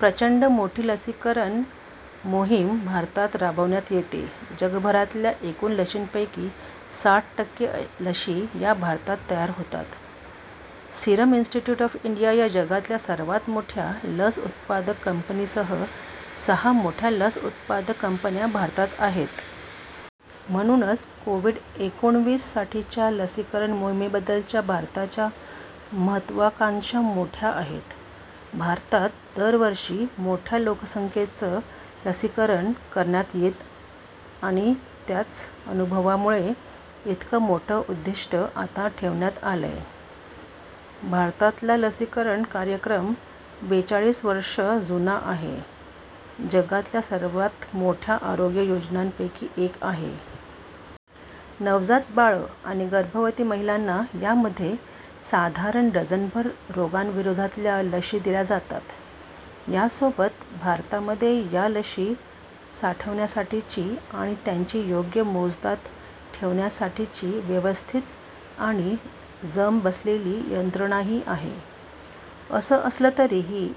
प्रचंड मोठी लसीकरण मोहीम भारतात राबवण्यात येते. जगभरातल्या एकूण लशींपैकी साठ टक्के लशी या भारतात तयार होतात. सिरम इन्स्टिट्यूट ऑफ इंडिया या जगातल्या सर्वांत मोठ्या लस उत्पादक कंपनीसह सहा मोठ्या लस उत्पादक कंपन्या भारतात आहेत. म्हणूनच कोव्हिड-एकोणविस साठीच्या लसीकरण मोहीमेबद्दलच्या भारताच्या महत्त्वाकांक्षा मोठ्या आहेत. भारतात दरवर्षी मोठ्या लोकसंख्येचं लसीकरण करण्यात येतं आणि त्याच अनुभवामुळे इतकं मोठं उद्दिष्टं आता ठेवण्यात आलंय. भारतातला लसीकरण कार्यक्रम बेचाळीस वर्षं जुना आहे. जगातल्या सर्वांत मोठ्या आरोग्य योजनांपैकी एक आहे. नवजात बाळं आणि गर्भवती महिलांना यामध्ये साधारण डझनभर रोगांविरोधातल्या लशी दिल्या जातात. यासोबत भारतामध्ये या लशी साठवण्यासाठीची आणि त्यांची योग्य मोजदाद ठेवण्यासाठीची व्यवस्थित आणि जम बसलेली यंत्रणाही आहे. असं असलं तरीही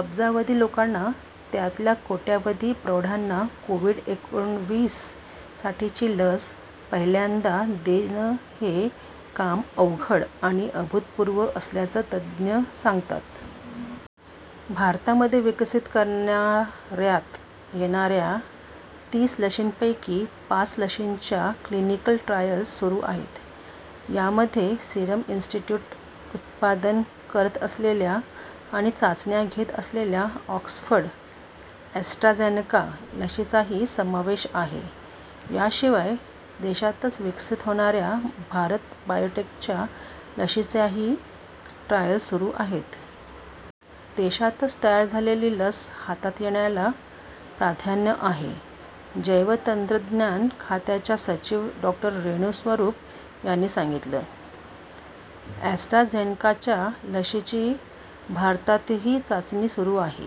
अब्जावधी लोकांना, त्यातल्या कोट्यावधी प्रौढांना कोव्हिड एकोणविस साठीची लस पहिल्यांदा देणं हे काम अवघड आणि अभूतपूर्व असल्याचं तज्ज्ञ सांगतात. भारतामध्ये विकसित करणाऱ्यात येणाऱ्या तीस लशींपैकी पाच लशींच्या क्लिनिकल ट्रायल्स सुरू आहेत. यामध्ये सिरम इन्स्टिट्यूट उत्पादन करत असलेल्या आणि चाचण्या घेत असलेल्या ऑक्सफर्ड ॲस्ट्राझेनका लशीचाही समावेश आहे. याशिवाय देशातच विकसित होणाऱ्या भारत बायोटेकच्या लशीच्याही ट्रायल्स सुरू आहेत. देशातच तयार झालेली लस हातात येण्याला प्राधान्य आहे जैवतंत्रज्ञान खात्याच्या सचिव डॉ. रेणू स्वरूप यांनी सांगितलं. अॅस्ट्राझेनकाच्या लशीची भारतातही चाचणी सुरू आहे.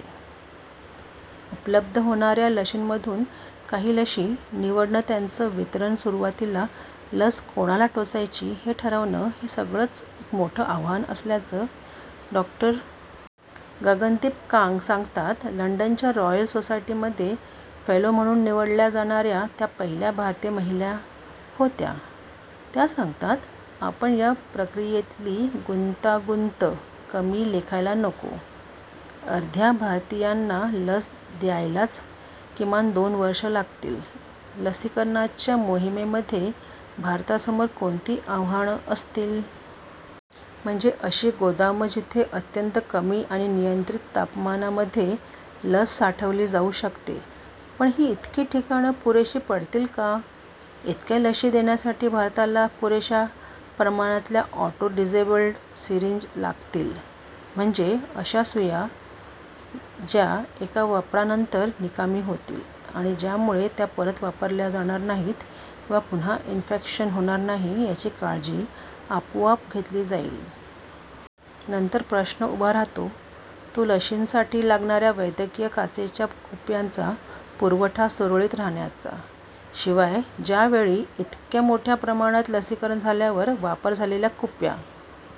उपलब्ध होणाऱ्या लशींमधून काही लशी निवडणं त्यांचं वितरण सुरुवातीला लस कोणाला टोचायची हे ठरवणं हे सगळंच एक मोठं आव्हान असल्याचं डॉ. गगनदीप कांग सांगतात. लंडनच्या रॉयल सोसायटीमध्ये फेलो म्हणून निवडल्या जाणाऱ्या त्या पहिल्या भारतीय महिला होत्या. त्या सांगतात आपण या प्रक्रियेतली गुंतागुंत कमी लेखायला नको. अर्ध्या भारतीयांना लस द्यायलाच किमान दोन वर्षं लागतील. लसीकरणाच्या मोहिमेमध्ये भारतासमोर कोणती आव्हानं असतील? म्हणजे अशी गोदामं जिथे अत्यंत कमी आणि नियंत्रित तापमानामध्ये लस साठवली जाऊ शकते. पण ही इतकी ठिकाणं पुरेशी पडतील का? इतक्या लशी देण्यासाठी भारताला पुरेशा प्रमाणातल्या ऑटो डिसेबल्ड सीरिंज लागतील. म्हणजे अशा सुया ज्या एका वापरानंतर निकामी होतील आणि ज्यामुळे त्या परत वापरल्या जाणार नाहीत किंवा पुन्हा इन्फेक्शन होणार नाही याची काळजी आपोआप घेतली जाईल. नंतर प्रश्न उभा राहतो तो लशींसाठी लागणाऱ्या वैद्यकीय काचेच्या कुप्यांचा पुरवठा सुरळीत राहण्याचा. शिवाय ज्यावेळी इतक्या मोठ्या प्रमाणात लसीकरण झाल्यावर वापर झालेल्या कुप्या